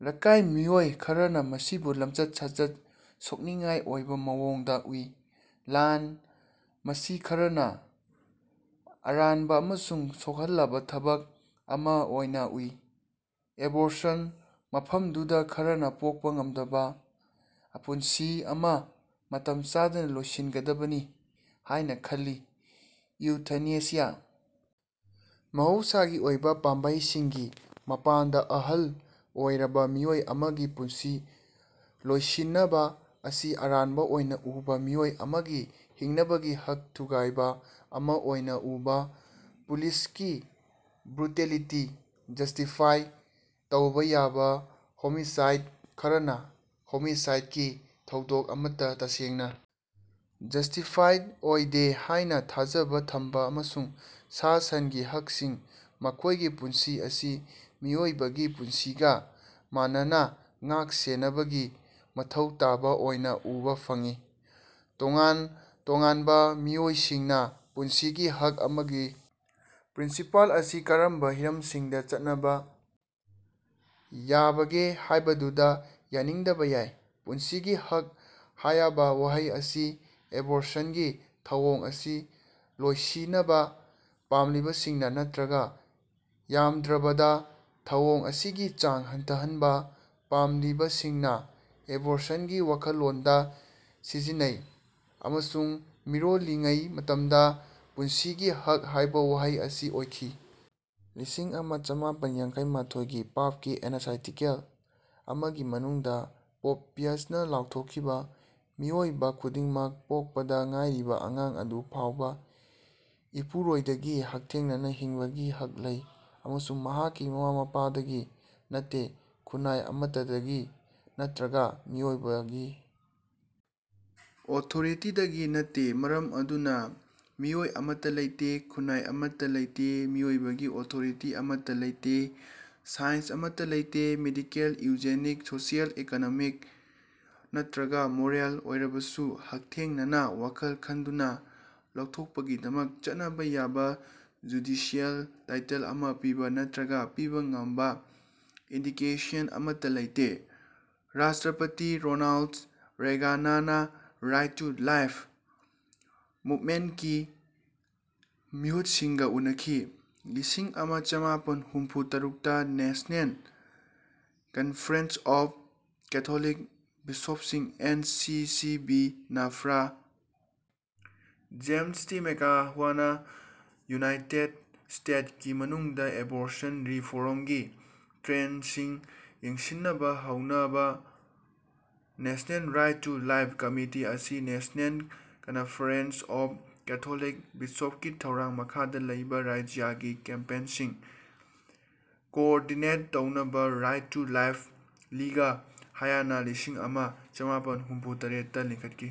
ꯂꯩꯀꯥꯏ ꯃꯤꯑꯣꯏ ꯈꯔꯅꯥ ꯃꯁꯤꯕꯨ ꯂꯝꯆꯠ ꯁꯥꯖꯠ ꯁꯣꯛꯅꯤꯡꯉꯥꯏ ꯑꯣꯏꯕꯥ ꯃꯑꯣꯡꯗꯥ ꯎꯏ ꯂꯥꯟ ꯃꯁꯤ ꯈꯔꯅꯥ ꯑꯔꯥꯟꯕꯥ ꯑꯃꯁꯨꯡ ꯁꯣꯛꯍꯜꯂꯕꯥ ꯊꯕꯛ ꯑꯃꯥ ꯑꯣꯏꯅꯥ ꯎꯏ ꯑꯦꯕꯣꯔꯁꯟ ꯃꯐꯝꯗꯨꯗꯥ ꯈꯔꯅꯥ ꯄꯣꯛꯄꯥ ꯉꯝꯗꯕꯥ ꯄꯨꯟꯁꯤ ꯑꯃꯥ ꯃꯇꯝ ꯆꯥꯗꯅꯥ ꯂꯣꯏꯁꯤꯟꯒꯗꯕꯅꯤ ꯍꯥꯏꯅꯥ ꯈꯜꯂꯤ ꯏꯎꯊꯅꯦꯁꯤꯌꯥ ꯃꯍꯧꯁꯥꯒꯤ ꯑꯣꯏꯕꯥ ꯄꯥꯝꯕꯩꯁꯤꯡꯒꯤ ꯃꯄꯥꯟꯗꯥ ꯑꯍꯜ ꯑꯣꯏꯔꯕꯥ ꯃꯤꯑꯣꯏ ꯑꯃꯒꯤ ꯄꯨꯟꯁꯤ ꯂꯣꯏꯁꯤꯅꯕꯥ ꯑꯁꯤ ꯑꯔꯥꯟꯕꯥ ꯑꯣꯏꯅꯥ ꯎꯕꯥ ꯃꯤꯑꯣꯏ ꯑꯃꯒꯤ ꯍꯤꯡꯅꯕꯒꯤ ꯍꯛ ꯊꯨꯒꯥꯏꯕꯥ ꯑꯃꯥ ꯑꯣꯏꯅꯥ ꯎꯕꯥ ꯄꯨꯂꯤꯁꯀꯤ ꯕ꯭ꯔꯨꯇꯦꯂꯤꯇꯤ ꯖꯁ꯭ꯇꯤꯐꯥꯏ ꯇꯧꯕꯥ ꯌꯥꯕꯥ ꯍꯣꯃꯤꯁꯥꯏꯗ ꯈꯔꯅꯥ ꯍꯣꯃꯤꯁꯥꯏꯗꯀꯤ ꯊꯧꯗꯣꯛ ꯑꯃꯠꯇꯥ ꯇꯁꯦꯡꯅꯥ ꯖꯁ꯭ꯇꯤꯐꯥꯏꯗ ꯑꯣꯏꯗꯦ ꯍꯥꯏꯅꯥ ꯊꯥꯖꯕꯥ ꯊꯝꯕꯥ ꯑꯃꯁꯨꯡ ꯁꯥ ꯁꯟꯒꯤ ꯍꯛꯁꯤꯡ ꯃꯈꯣꯏꯒꯤ ꯄꯨꯟꯁꯤ ꯑꯁꯤ ꯃꯤꯑꯣꯏꯕꯒꯤ ꯄꯨꯟꯁꯤꯒꯥ ꯃꯥꯟꯅꯅꯥ ꯉꯥꯛ ꯁꯦꯅꯕꯒꯤ ꯃꯊꯧ ꯇꯥꯕꯥ ꯑꯣꯏꯅꯥ ꯎꯕꯥ ꯐꯪꯏ꯫ ꯇꯣꯉꯥꯟ ꯇꯣꯉꯥꯟꯕꯥ ꯃꯤꯑꯣꯏꯁꯤꯡꯅꯥ ꯄꯨꯟꯁꯤꯒꯤ ꯍꯛ ꯑꯃꯒꯤ ꯄ꯭ꯔꯤꯟꯁꯤꯄꯜ ꯑꯁꯤ ꯀꯔꯝꯕꯥ ꯍꯤꯔꯝꯁꯤꯡꯗꯥ ꯆꯠꯅꯕꯥ ꯌꯥꯕꯒꯦ ꯍꯥꯏꯕꯗꯨꯗꯥ ꯌꯥꯅꯤꯡꯗꯕꯥ ꯌꯥꯏ꯫ ꯄꯨꯟꯁꯤꯒꯤ ꯍꯛ ꯍꯥꯌꯕꯥ ꯋꯥꯍꯩ ꯑꯁꯤ ꯑꯦꯕꯣꯔꯁꯟꯒꯤ ꯊꯧꯑꯣꯡ ꯑꯁꯤ ꯂꯣꯏꯁꯤꯅꯕꯥ ꯄꯥꯝꯂꯤꯕꯁꯤꯡꯅꯥ ꯅꯠꯇ꯭ꯔꯒꯥ ꯌꯥꯝꯗ꯭ꯔꯕꯗꯥ ꯊꯧꯑꯣꯡ ꯑꯁꯤꯒꯤ ꯆꯥꯡ ꯍꯟꯊꯍꯟꯕꯥ ꯄꯥꯝꯂꯤꯕꯁꯤꯡꯅꯥ ꯑꯦꯕꯣꯔꯁꯟꯒꯤ ꯋꯥꯈꯜꯂꯣꯟꯗꯥ ꯁꯤꯖꯤꯟꯅꯩ ꯑꯃꯁꯨꯡ ꯃꯤꯔꯣꯜꯂꯤꯉꯩ ꯃꯇꯝꯗꯥ ꯄꯨꯟꯁꯤꯒꯤ ꯍꯛ ꯍꯥꯏꯕꯥ ꯋꯥꯍꯩ ꯑꯁꯤ ꯑꯣꯏꯈꯤ꯫ ꯂꯤꯁꯤꯡ ꯑꯃ ꯆꯃꯥꯄꯟ ꯌꯥꯡꯈꯩꯃꯥꯊꯣꯏꯒꯤ ꯄꯥꯞꯀꯤ ꯑꯦꯅꯁꯥꯏꯇꯤꯀꯦꯜ ꯑꯃꯒꯤ ꯃꯅꯨꯡꯗꯥ ꯄꯣꯞ ꯄꯤꯌꯁ ꯅꯥ ꯂꯥꯎꯊꯣꯛꯈꯤꯕꯥ ꯃꯤꯑꯣꯏꯕꯥ ꯈꯨꯗꯤꯡꯃꯛ ꯄꯣꯛꯄꯗꯥ ꯉꯥꯏꯔꯤꯕꯥ ꯑꯉꯥꯡ ꯑꯗꯨ ꯐꯥꯎꯕꯥ ꯏꯄꯨꯔꯣꯏꯗꯒꯤ ꯍꯛꯊꯦꯡꯅꯅꯥ ꯍꯤꯡꯕꯒꯤ ꯍꯛ ꯂꯩ ꯑꯃꯁꯨꯡ ꯃꯍꯥꯛꯀꯤ ꯃꯃꯥ ꯃꯄꯥꯗꯒꯤ ꯅꯠꯇꯦ ꯈꯨꯟꯅꯥꯏ ꯑꯃꯠꯇꯗꯒꯤ ꯅꯠꯇ꯭ꯔꯒꯥ ꯃꯤꯑꯣꯏꯕꯒꯤ ꯑꯣꯊꯣꯔꯤꯇꯤꯗꯒꯤ ꯅꯠꯇꯦ꯫ ꯃꯔꯝ ꯑꯗꯨꯅꯥ ꯃꯤꯑꯣꯏ ꯑꯃꯠꯇꯥ ꯂꯩꯇꯦ ꯈꯨꯟꯅꯥꯏ ꯑꯃꯠꯇꯥ ꯂꯩꯇꯦ ꯃꯤꯑꯣꯏꯕꯒꯤ ꯑꯣꯊꯣꯔꯤꯇꯤ ꯑꯃꯠꯇꯥ ꯂꯩꯇꯦ ꯁꯥꯏꯟꯁ ꯑꯃꯠꯇꯥ ꯂꯩꯇꯦ ꯃꯦꯗꯤꯀꯦꯜ ꯏꯎꯖꯦꯅꯤꯛ ꯁꯣꯁꯤꯑꯦꯜ ꯏꯀꯣꯅꯣꯃꯤꯛ ꯅꯠꯇ꯭ꯔꯒꯥ ꯃꯣꯔꯦꯜ ꯑꯣꯏꯔꯕꯁꯨ ꯍꯛꯊꯦꯡꯅꯅꯥ ꯋꯥꯈꯜ ꯈꯟꯗꯨꯅꯥ ꯂꯧꯊꯣꯛꯄꯒꯤꯗꯃꯛ ꯆꯠꯅꯕꯥ ꯌꯥꯕꯥ ꯖꯨꯗꯤꯁꯤꯑꯦꯜ ꯇꯥꯏꯇꯜ ꯑꯃꯥ ꯄꯤꯕꯥ ꯅꯠꯇ꯭ꯔꯒꯥ ꯄꯤꯕꯥ ꯉꯝꯕꯥ ꯏꯟꯗꯤꯀꯦꯁꯟ ꯑꯃꯠꯇꯥ ꯂꯩꯇꯦ꯫ ꯔꯥꯁ꯭ꯇꯔꯄꯇꯤ ꯔꯣꯅꯥꯜꯗ ꯔꯦꯒꯥꯅꯅꯥ ꯔꯥꯏꯠ ꯇꯨ ꯂꯥꯏꯐ ꯃꯨꯕꯃꯦꯟꯠꯀꯤ ꯃꯤꯍꯨꯠꯁꯤꯡꯒꯥ ꯎꯅꯈꯤ꯫ ꯂꯤꯁꯤꯡ ꯑꯃ ꯆꯃꯥꯄꯟ ꯍꯨꯝꯐꯨ ꯇꯔꯨꯛꯇ ꯅꯦꯁ꯭ꯅꯦꯜ ꯀꯅꯐꯔꯦꯟꯁ ꯑꯣꯐ ꯀꯦꯊꯣꯂꯤꯛ ꯕꯤꯁꯣꯞꯁꯤꯡ ꯑꯦꯟ ꯁꯤ ꯁꯤ ꯕꯤ ꯅꯥ ꯐ꯭ꯔꯥ. ꯖꯦꯝꯁ ꯇꯤ ꯃꯦꯀꯍꯨꯅꯥ ꯌꯨꯅꯥꯏꯇꯦꯗ ꯁ꯭ꯇꯦꯇꯁꯀꯤ ꯃꯅꯨꯡꯗꯥ ꯑꯦꯕꯣꯔꯁꯟ ꯔꯤꯐꯣꯔ꯭ꯝꯒꯤ ꯇ꯭ꯔꯦꯟꯗꯁꯤꯡ ꯌꯦꯡꯁꯤꯅꯕꯥ ꯍꯧꯅꯕꯥ꯫ National right to life committee ꯑꯁꯤ ꯅꯦꯁꯅꯦꯜ ꯀꯅꯐꯔꯦꯟꯁ ꯑꯣꯐ ꯀꯦꯊꯣꯂꯤꯛ ꯕꯤꯁꯣꯞꯀꯤ ꯊꯧꯔꯥꯡ ꯃꯈꯥꯗꯥ ꯂꯩꯕꯥ ꯔꯥꯖ꯭ꯌꯒꯤ ꯀꯦꯝꯄꯦꯟꯁꯤꯡ ꯀꯣꯑꯣꯔꯗꯤꯅꯦꯠ ꯇꯧꯅꯕꯥ ꯔꯥꯏꯠ ꯇꯨ ꯂꯥꯏꯐ ꯂꯤꯒ ꯍꯥꯌꯅꯥ ꯂꯤꯁꯤꯡ ꯑꯃ ꯆꯃꯥꯄꯟ ꯍꯨꯝꯐꯨ ꯇꯔꯦꯠꯇ ꯂꯤꯡꯈꯠꯈꯤ꯫